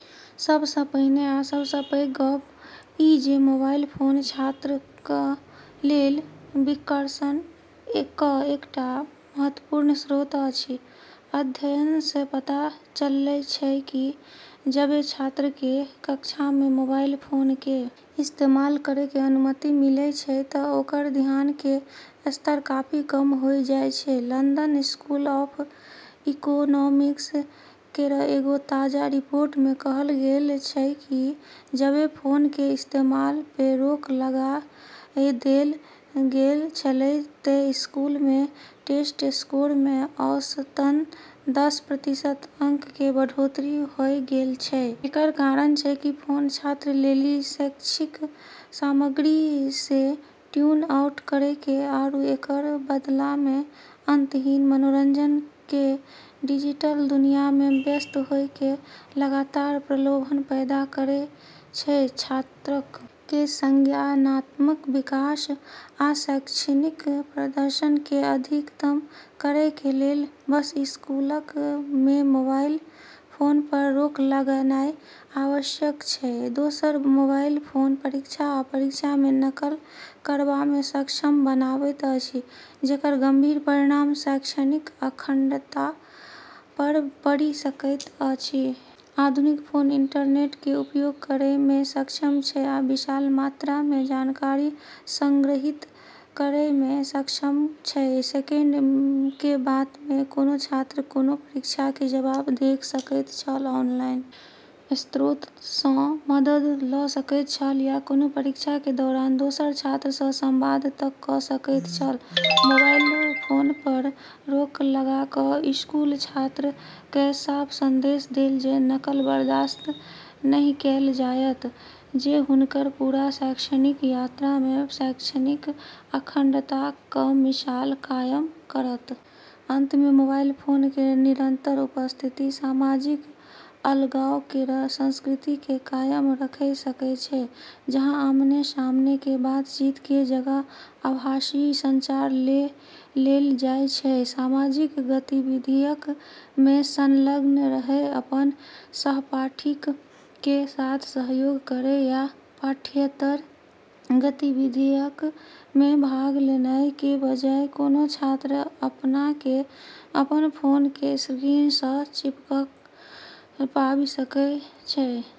सबस पहिने आ सबस पैघ गप इ जे मोबाइल फोन छात्र क लेल विकर्षण क एकटा महत्वपूर्ण स्रोत अछि। अध्ययन से पता चललै छै कि जबे छात्रऽ के कक्षा मे मोबाइल फोन के इस्तेमाल करै के अनुमति मिलै छै ते ओकरऽ ध्यान के स्तर काफी कम होय जाय छै, लंदन स्कूल ऑफ इकोनॉमिक्स केरऽ एगो ताजा रिपोर्ट मे कहलऽ गेलऽ छै कि जबे फोन के इस्तेमाल पे रोक लगाय देलऽ गेलऽ छेलै ते स्कूलऽ मे टेस्ट स्कोर मे औसतन दस प्रतिशत अंक के बढ़ोत्तरी होय गेलऽ छै। एकरऽ कारण छै कि फोन छात्रऽ लेली शैक्षिक सामग्री से ट्यून आउट करै के आरू एकरऽ बदला मे अंतहीन मनोरंजन के डिजिटल दुनिया मे व्यस्त होय के लगातार प्रलोभन पैदा करै छै। छात्रक कें संज्ञानात्मक विकास आ शैक्षणिक प्रदर्शन कें अधिकतम करय कें लेल बस स्कूलक मे मोबाइल फोन पर रोक लगानाय आवश्यक छै, दोसर मोबाइल फोन परीक्षा आ परीक्षा मे नकल करबा मे सक्षम बनाबैत अछि जेकर गंभीर परिणाम शैक्षणिक अखंडता पर पड़ि सकैत अछि। आधुनिक फोन इंटरनेट कें उपयोग करय मे सक्षम छै आ विशाल मात्रा मे जानकारी संग्रहीत करय मे सक्षम छै, सेकेंड के बात में कोनो छात्र कोनो परीक्षा के जवाब देख सकैत छल, ऑनलाइन स्रोत सं मदद ल सकैत छल या कोनो परीक्षा के दौरान दोसर छात्र सं संवाद तक क सकैत छल, मोबाइल फोन पर रोक लगा क स्कूल छात्र कए साफ संदेश देत जे नकल बर्दाश्त नहि कैल जाएत जे हुनकर पूरा शैक्षणिक यात्रा मे शैक्षणिक अखंडता क मिसाल कायम करत। अंत में मोबाइल फोन केरऽ निरंतर उपस्थिति सामाजिक अलगाव केरऽ संस्कृति के कायम रखे सकै छै, जहां आमने-सामने के बातचीत के जगह आभासी संचार ले लेलऽ जाय छै। सामाजिक गतिविधियक मे संलग्न रहय अपन सहपाठीक कें साथ सहयोग करय या पाठ्येतर गतिविधियक मे भाग लेनाय कें बजाय, कोनों छात्र अपना कें अपन फोन कें स्क्रीन सं चिपकल पाबि सकय छै।